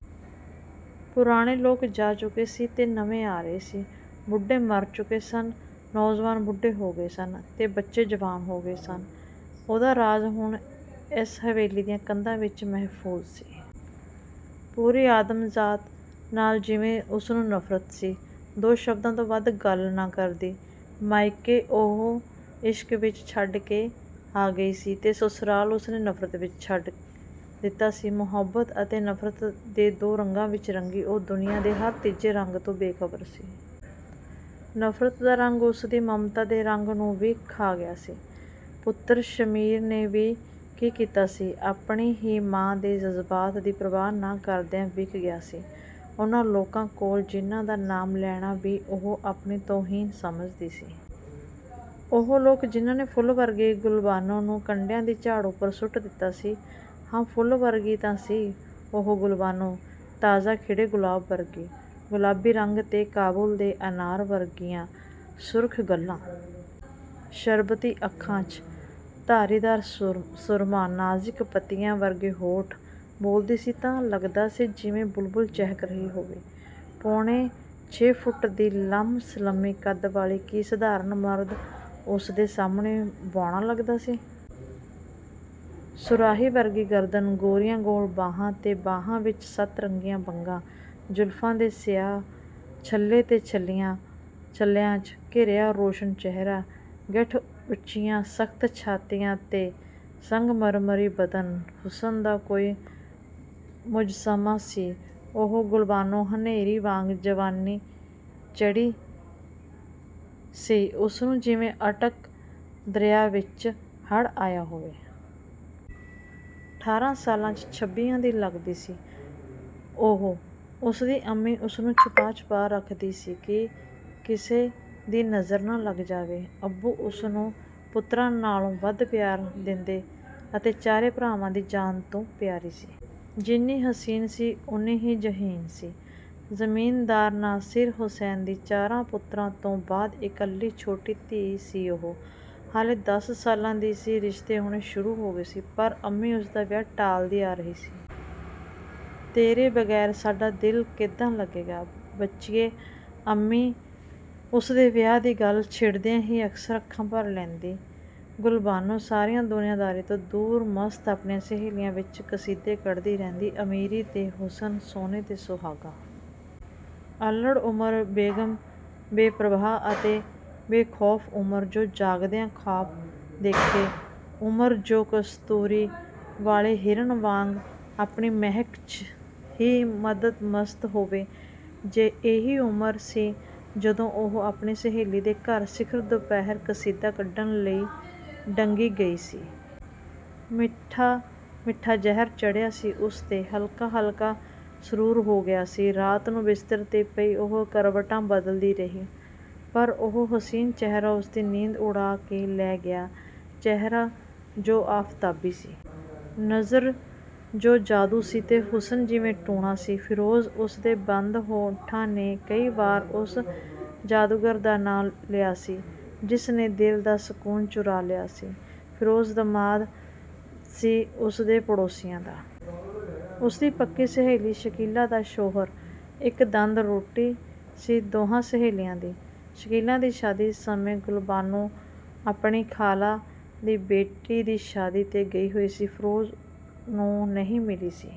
ਪੁਰਾਣੇ ਲੋਕ ਜਾ ਚੁੱਕੇ ਸੀ ਤੇ ਨਵੇਂ ਆ ਰਹੇ ਸੀ। ਬੁੱਢੇ ਮਰ ਚੁੱਕੇ ਸਨ। ਨੌਜਵਾਨ ਬੁੱਢੇ ਹੋ ਗਏ ਸਨ ਤੇ ਬੱਚੇ ਜਵਾਨ ਹੋ ਗਏ ਸਨ। ੳਹਦਾ ਰਾਜ਼ ਹੁਣ ਇਸ ਹਵੇਲੀ ਦੀਆ ਕੰਧਾਂ ਵਿੱਚ ਮਹਿਫੂਜ਼ ਸੀ। ਪੂਰੀ ਆਦਮਜ਼ਾਤ ਨਾਲ ਜਿਵੇਂ ਉਸਨੂੰ ਨਫ਼ਰਤ ਸੀ। ਦੋ ਸ਼ਬਦਾ ਤੋਂ ਵੱਧ ਗੱਲ ਨਾ ਕਰਦੀ। ਮਾਇਕੇ ਉਹ, ਇਸ਼ਕ ਵਿੱਚ ਛੱਡ ਕੇ ਆ ਗਈ ਸੀ ਤੇ ਸਸੁਰਾਲ ਉਸਨੇ ਨਫ਼ਰਤ ਵਿੱਚ ਛੱਡ ਦਿਤਾ ਸੀ। ਮੁਹੱਬਤ ਅਤੇ ਨਫ਼ਰਤ ਦੇ ਦੋ ਰੰਗਾਂ ਵਿੱਚ ਰੰਗੀ ਉਹ ਦੁਨੀਆ ਦੇ ਹਰ ਤੀਜੇ ਰੰਗ ਤੋ ਬੇਖ਼ਬਰ ਸੀ। ਨਫ਼ਰਤ ਦਾ ਰੰਗ ਉਸਦੀ ਮਮਤਾ ਦੇ ਰੰਗ ਨੂੰ ਵੀ ਖਾ ਗਿਆ ਸੀ। ਪੁੱਤਰ ਸ਼ਮੀਰ ਨੇ ਵੀ ਕੀ ਕੀਤਾ ਸੀ…? ਆਪਣੀ ਹੀ ਮਾਂ ਦੇ ਜਜ਼ਬਾਤ ਦੀ ਪ੍ਰਵਾਹ ਨਾ ਕਰਦਿਆਂ ਵਿਕ ਗਿਆ ਸੀ। ਉਨ੍ਹਾਂ ਲੋਕਾਂ ਕੋਲ, ਜਿੰਨ੍ਹਾਂ ਦਾ ਨਾਮ ਲੈਣਾ ਵੀ ਉਹ ਆਪਣੀ ਤੌਹੀਨ ਸਮਝਦੀ ਸੀ। ਉਹ ਲੋਕ ਜਿੰਨ੍ਹਾਂ ਨੇ ਫੁੱਲ ਵਰਗੀ "ਗੁਲਬਾਨੋ"ਨੂੰ ਕੰਡਿਆਂ ਦੀ ਝਾੜ ਉਪਰ ਸੁੱਟ ਦਿਤਾ ਸੀ। ਹਾਂ ਫੁੱਲ ਵਰਗੀ ਤਾਂ ਸੀ ਉਹ ਗੁਲਬਾਨੋ….. ਤਾਜ਼ਾ ਖਿੜ੍ਹੇ ਗੁਲਾਬ ਵਰਗੀ। ਗੁਲਾਬੀ ਰੰਗ ਤੇ ਕਾਬੁਲ ਦੇ ਅਨਾਰ ਵਰਗੀਆ ਸ਼ੁੱਰਖ ਗਲ੍ਹਾਂ। ਸ਼ਰਬਤੀ ਅੱਖਾਂ 'ਚ ਧਾਰੀਦਾਰ ਸੁਰਮਾ। ਨਾਜ਼ਿਕ ਪੱਤੀਆ ਵਰਗੇ ਹੋਂਠ। ਬੋਲਦੀ ਸੀ ਤਾਂ ਲਗਦਾ ਸੀ ਜਿਵੇਂ ਬੁਲਬੁਲ ਚਹਿਕ ਰਹੀ ਹੋਵੇ। ਪੌਣੇ ਛੇ ਫੁੱਟ ਦੀ ਲੰਮ-ਸਲੰਮੀ ਕੱਦ ਵਾਲੀ ਕਿ ਸਧਾਰਣ ਮਰਦ ਉੁਸਦੇ ਸਾਹਮਣੇ ਬੌਣਾ ਲੱਗਦਾ ਸੀ। ਸੁਰਾਹੀ ਵਰਗੀ ਗਰਦਨ, ਗੋਰੀਆ ਗੋਲ ਬਾਹਾਂ ਤੇ ਬਾਹਾਂ ਵਿੱਚ ਸੱਤ-ਰੰਗੀਆਂ ਬੰਗਾਂ। ਜ਼ੁਲਫਾਂ ਦੇ ਸਿਆਹ ਛੱਲੇ ਤੇ ਛੱਲਿਆਂ, ਚ' ਘਿਰਿਆ ਰੋਸ਼ਨ ਚਿਹਰਾ। ਗਿੱਠ ਉਚੀਆ ਸਖਤ ਛਾਤੀਆ ਤੇ ਸੰਗਮਰਮਰੀ ਬਦਨ। ਹੁਸਨ ਦਾ ਕੋਈ ਮੁਜ਼ੱਸਮਾ ਸੀ ਉਹ ਗੁਲਬਾਨੋ… ਹਨੇਰੀ ਵਾਂਗ ਜਵਾਨੀ ਚੜ੍ਹੀ ਸੀ ਉਸਨੂੰ ਜਿਵੇਂ ਅਟਕ ਦਰਿਆ ਵਿੱਚ ਹੜ੍ਹ ਆਇਆ ਹੋਵੇ। ਠਾਰਾ ਸਾਲਾਂ, ਚ' ਛੱਬੀਆ ਦੀ ਲੱਗਦੀ ਸੀ ਉਹ। ਉਸਦੀ ਅੰਮੀ ਉਸਨੂੰ ਛੁਪਾ-ਛੁਪਾ ਰੱਖਦੀ ਸੀ ਕਿ ਕਿਸੇ ਦੀ ਨਜ਼ਰ ਨਾ ਲੱਗ ਜਾਵੇ। ਅੱਬੂ ਉਸਨੂੰ ਪੁੱਤਰਾ ਨਾਲੋ ਵੱਧ ਪਿਆਰ ਦਿੰਦੇ ਅਤੇ ਚਾਰੇ ਭਰਾਵਾਂ ਦੀ ਜਾਨ ਤੋਂ ਪਿਆਰੀ ਸੀ। ਜਿੰਨੀ ਹਸੀਨ ਸੀ ਉਨ੍ਹੀ ਹੀ ਜ਼ਹੀਨ ਸੀ। ਜ਼ਮੀਨਦਾਰ ਨਾਸਿਰ ਹੁਸੈਨ ਦੀ ਚਾਰਾ ਪੁੱਤਰਾ ਤੋ ਬਾਅਦ ਇੱਕਲੀ ਛੋਟੀ ਧੀ ਸੀ ਉਹ। ਹਾਲੇ ਦਸ ਸਾਲਾਂ ਦੀ ਸੀ ਰਿਸ਼ਤੇ ਆਉਣੇ ਸ਼ੁਰੂ ਹੋ ਗਏ ਸੀ। ਪਰ ਅੰਮੀ ਉਸਦਾ ਵਿਆਹ ਟਾਲਦੀ ਆ ਰਹੀ ਸੀ। "ਤੇਰੇ ਬਗੈਰ ਸਾਡਾ ਦਿਲ ਕਿੱਦਾ ਲੱਗੇਗਾ ਬੱਚੀਏ"ਅੰਮੀ ਉਸਦੇ ਵਿਆਹ ਦੀ ਗੱਲ ਛਿੜਦਿਆਂ ਹੀ ਅਕਸਰ ਅੱਖਾਂ ਭਰ ਲੈਦੀ। ਗੁਲਬਾਨੋ, ਸਾਰੀਆ ਦੁਨੀਆਦਾਰੀ ਤੋਂ ਦੂਰ ਮਸਤ ਆਪਣੀਆ ਸਹੇਲੀਆਂ ਵਿੱਚ ਕਸੀਦੇ ਕੱਢਦੀ ਰਹਿੰਦੀ। ਅਮੀਰੀ ਤੇ ਹੁਸਨ, ਸੋਨੇ ਤੇ ਸੁਹਾਗਾ। ਅਲੜ੍ਹ ਉਮਰ, ਬੇਗਮ, ਬੇਪ੍ਰਵਾਹ ਅਤੇ ਬੇਖੌਫ। ਉਮਰ, ਜੋ ਜਾਗਦਿਆ ਖਾਬ ਦੇਖੇ.. ਉਮਰ, ਜੋ ਕਸਤੂਰੀ ਵਾਲੇ ਹਿਰਨ ਵਾਂਗ ਆਪਣੀ ਮਹਿਕ, ਚ' ਹੀ ਮਦਮਸਤ ਹੋਵੇ। ਇਹੀ ਉਮਰ ਸੀ ਜਦੋਂ ਉਹ ਆਪਣੀ ਸਹੇਲੀ ਦੇ ਘਰ ਸਿੱਖਰ ਦੁਪਿਹਰ ਕਸੀਦਾ ਕੱਢਣ ਗਈ ਡੰਗੀ ਗਈ ਸੀ। ਮਿੱਠਾ-ਮਿਠਾ ਜ਼ਹਿਰ ਚੜ੍ਹਿਆ ਸੀ ਉਸ ਤੇ ਹਲਕਾ-ਹਲਕਾ ਸਰੂਰ ਹੋ ਗਿਆ ਸੀ। ਰਾਤ ਨੂੰ ਬਿਸਤਰ ਤੇ ਪਈ ਉਹ ਕਰਵਟਾਂ ਬਦਲਦੀ ਰਹੀ। ਪਰ ਉਹ ਹੁਸੀਨ ਚਿਹਰਾ ਉਸਦੀ ਨੀਂਦ ਉੜਾ ਕੇ ਲੈ ਗਿਆ । ਚਿਹਰਾ ਜੋ ਆਫ਼ਤਾਬੀ ਸੀ। ਨਜ਼ਰ, ਜੋ ਜਾਦੂ ਸੀ ਤੇ ਹੁਸਨ, ਜਿਵੇ ਟੂਣਾ ਸੀ। "ਫਿਰੋਜ਼"… ਉਸਦੇ ਬੰਦ ਹੋਠਾਂ ਨੇ ਕਈ ਵਾਰ ਉਸ ਜਾਦੂਗਰ ਦਾ ਨਾਂ ਲਿਆ ਸੀ, ਜਿਸ ਨੇ ਦਿਲ ਦਾ ਸਕੂਨ ਚੁਰਾ ਲਿਆ ਸੀ। ਫਿਰੋਜ਼ ਦਾਮਾਦ ਸੀ ਉਸਦੇ ਪੜੌਸੀਆਂ ਦਾ। ਉਸਦੀ ਪੱਕੀ ਸਹੇਲੀ ਸ਼ਕੀਲਾ ਦਾ ਸ਼ੌਹਰ। ਇੱਕ ਦੰਦ ਰੋਟੀ ਸੀ ਦੋਹਾਂ ਸਹੇਲੀਆ ਦੀ। ਸ਼ਕੀਲਾ ਦੀ ਸ਼ਾਦੀ ਸਮੇਂ ਗੁਲਬਾਨੋ ਆਪਣੀ ਖਾਲਾਂ ਦੀ ਬੇਟੀ ਦੀ ਸ਼ਾਦੀ ਤੇ ਗਈ ਹੋਈ ਸੀ, ਫਿਰੋਜ਼ ਨੂੰ ਨਹੀ ਮਿਲੀ ਸੀ।